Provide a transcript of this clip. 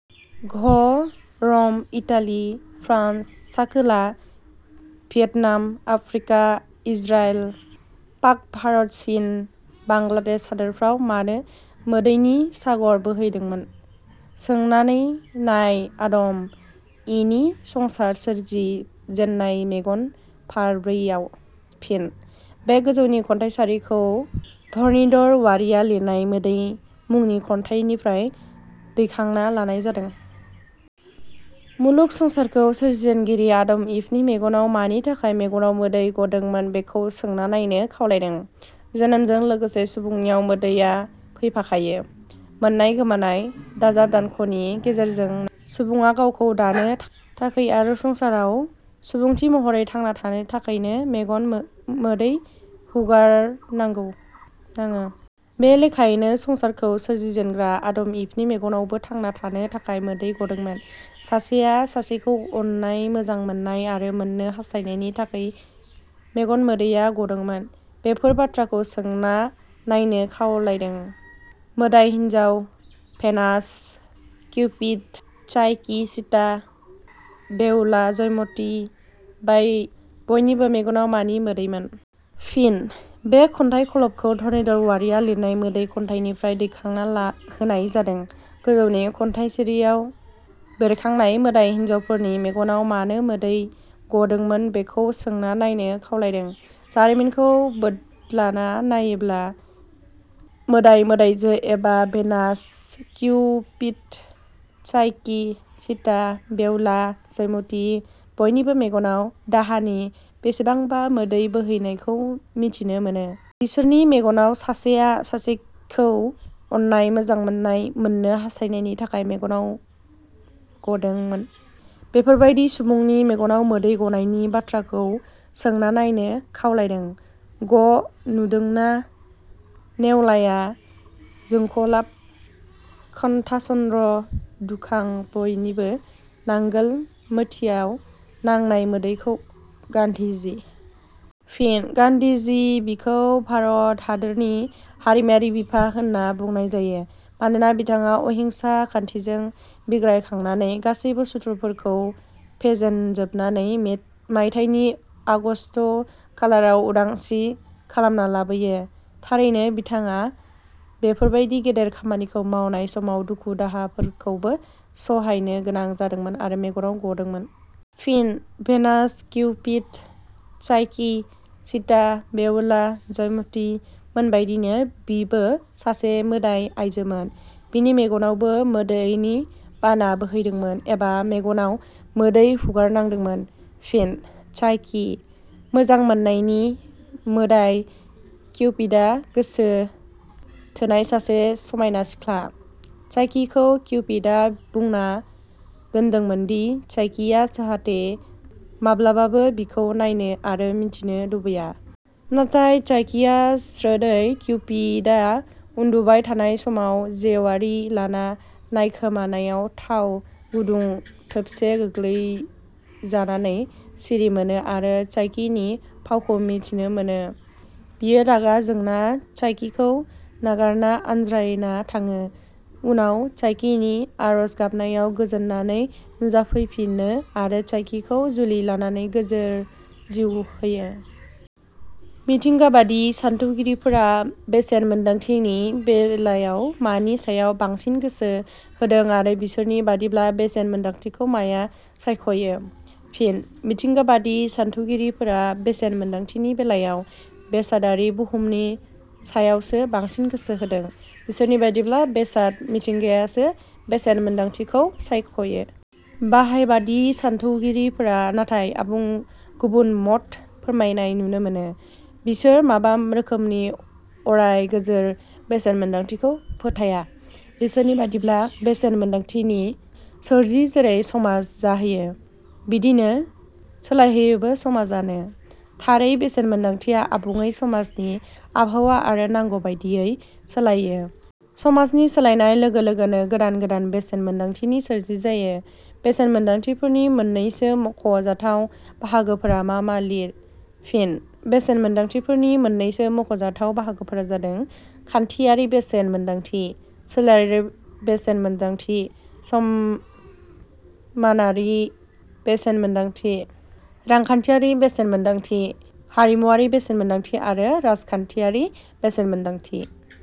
घ रम, Italy, France, सा खोला भियेटनाम, आफ्रिका, इजराइल, पाक-भारत-चीन, बांलादेश हादोरफ्राव मानो मोदैनि सागर बोहैदोंमोन? "सोंनानै नाय आदम- इनि संसार सोरजि जेन्नाय मेगन फारब्रैयाव। " फिन: बे गोजौनि खन्थाइ सिरिखौ धरणीधर औवारिया लिरनाय 'मोदै' मुंनि खन्थाइनिफ्राय दैखांना लानाय जादों। मुलुग संसारखौ सोरजिजेनगिरि आदम-इभनि मेगनाव मानि थाखाय मेगनाव मोदै गदोंमोन बेखौ सोंना नायनो खावलायदों। जोनोमजों लोगोसे सुबुंनियाव मोदैया फैफाखायो। मोननाय-गोमानाय, दाजाब-दानख 'नि गेजेरजोंनो सुबुङा गावखौ दानो थाखै आरो संसाराव सुबुंथि महरै थांना थानो थाखैनो मेगन मो -मोदै हुगार नांगौ नांओ। बे लेखायैनो संसारखौ सोरजिजेनग्रा आदम-इभनि मेगनावबो थांना थानो थाखाय मोदै गदोंमोन। सासेया सासेखौ अननाय मोजां मोननाय आरो मोननो हास्थायनायनि थाखै मेगन मोदैया गदोंमोन। बेफोर बाथ्राखौ सोंना नायनो खावलायदों। मोदाय हिन्जाव Venus, Cupid, Psyche Sita, Behula, Joymoti बाय-बयनिबो मेगनाव मानि मोदैमोन? " फिन: बे खन्थाइ खलबखौ धरणीधर औवारिया लिरनाय 'मोदै' खन्थाइनिफ्राय दैखांना होनाय जादों। गोजौनि खन्थाइ सिरियाव बेरखांनाय मोदाय हिन्जावफोरनि मेगनाव मानो मोदै गदोंमोन बेखौ सोंना नायनो खावलायदों। जारिमिनखौ बोदलाना नायोब्ला मोदाय-मोदायजो एबा Venus, Cupid, Psyche, Sita, Behula, Joymoti बयनिबो मेगनाव दाहानि बेसेबांबा मोदै बोहैनायखौ मिथिनो मोनो। बिसोरनि मेगनाव सासेया सासेखौ अननाय मोजां मोननाय मोननो हास्थायनायनि थाखाय मेगनाव गदोंमोन। बेफोरबादि सुबुंनि मेगनाव मोदै गनायनि बाथ्राखौ सोंना नायनो खावलायदों। ग नुदोंना- नेवलाया, जोंखलाब खन्थाचन्द्र, दुखां बयनिबो नांगोल मोथियाव नांनाय मोदैखौ? गान्धीजी। फिन: गान्धीजी: बिखौ भारत हादोरनि हारिमायारि बिफा होनना बुंनाय जायो। मानोना बिथाङा अहिंसा खान्थिजों बिग्रायखांनानै गासैबो सुथुरफोरखौ फेजेनजोबनानै मायथाइनि आगष्ट खालाराव उदांस्रि खालामना लाबोयो। थारैनो बिथाङा बेफोरबादि गेदेर खामानिखौ मावनाय समाव दुखु-दाहाफोरखौबो सहायनो गोनां जादोंमोन आरो मेगनाव गदोंमोन। फिन: Venus: Cupid, Psyche, Sita, Behula, Joymoti मोनबायदिनो बिबो सासे मोदाय आइजोमोन। बिनि मेगनावबो मोदैनि बाना बोहैदोंमोन एबा मेगनाव मोदै हुगारनांदोंमोन। फिन: चाइकी: मोजां मोननायनि मोदाय किउपिदा गोसो थोनाय सासे समायना सिख्ला। चाइकीखौ किउपिदा बुंना दोनदोंमोनदि चाइकीया जाहाथे माब्लाबाबो बिखौ नायनो आरो मिथिनो लुबैया। नाथाय चाइकीया स्रोदयै किउपिदा उन्दुबाय थानाय समाव जेवारि लाना नायखोमानायाव थाव गुदुं थोबसे गोग्लैजानानै सिरिमोनो आरो चाइकीनि फावखौ मिथिनो मोनो। बियो रागा जोंना चाइकीखौ नागारना आनज्रायना थाङो। उनाव चाइकीनि आरज गाबनायाव गोजोननानै नुजाफैफिनो आरो चाइकीखौ जुलि लानानै गोजोर जिउ होयो। मिथिंगाबादि सानथौगिरिफोरा बेसेन मोन्दांथिनि बेलायाव मानि सायाव बांसिन गोसो होदों आरो बिसोरनि बादिब्ला बेसेन मोन्दांथिखौ माया सायखयो? फिनः मिथिंगाबादि सानथौगिरिफोरा बेसेन मोन्दांथिनि बेलायाव बेसादारि बहुमनि सायावसो बांसिन गोसो होदों। बिसोरनि बादिब्ला, बेसाद मिथिंगायासो बेसेन मोनदांथिखौ सायख'यो। बाहायबादि सानथौगिरिफोरा नाथाय आबुं गुबुन मत फोरमायनाय नुनो मोनो। बिसोर माबा रोखोमनि अराय गोजोर बेसेन मोन्दांथिखौ फोथाया। बिसोरनि बादिब्ला, बेसेन मोन्दांथिनि सोरजि जेरै समाज जाहोयो, बिब्दिनो सोलायहोयोबो समाजानो। थारै बेसेन मोन्दांथिया आबुङै समाजनि आबहावा आरो नांगौबादियै सोलाइयो। समाजनि सोलायनाय लोगो लोगोनो गोदान गोदान बेसेन मोन्दांथिनि सोरजि जायो। बेसेन मोन्दांथिफोरनि मोन्नैसो मख 'जाथाव बाहागोफोरा मा मा लिर। फिनः बेसेन मोन्दांथिफोरनि मोननैसो मख 'जाथाव बाहागोफोरा जादों- खान्थियारि बेसेन मोन्दांथि, सोलेरारि बेसेन मोन्दांथि समानायारि बेसेन मोन्दांथि रांखान्थियारि बेसेन मोन्दांथि हारिमुवारि बेसेन मोन्दांथि आरो राजखान्थियारि बेसेन मोन्दांथि।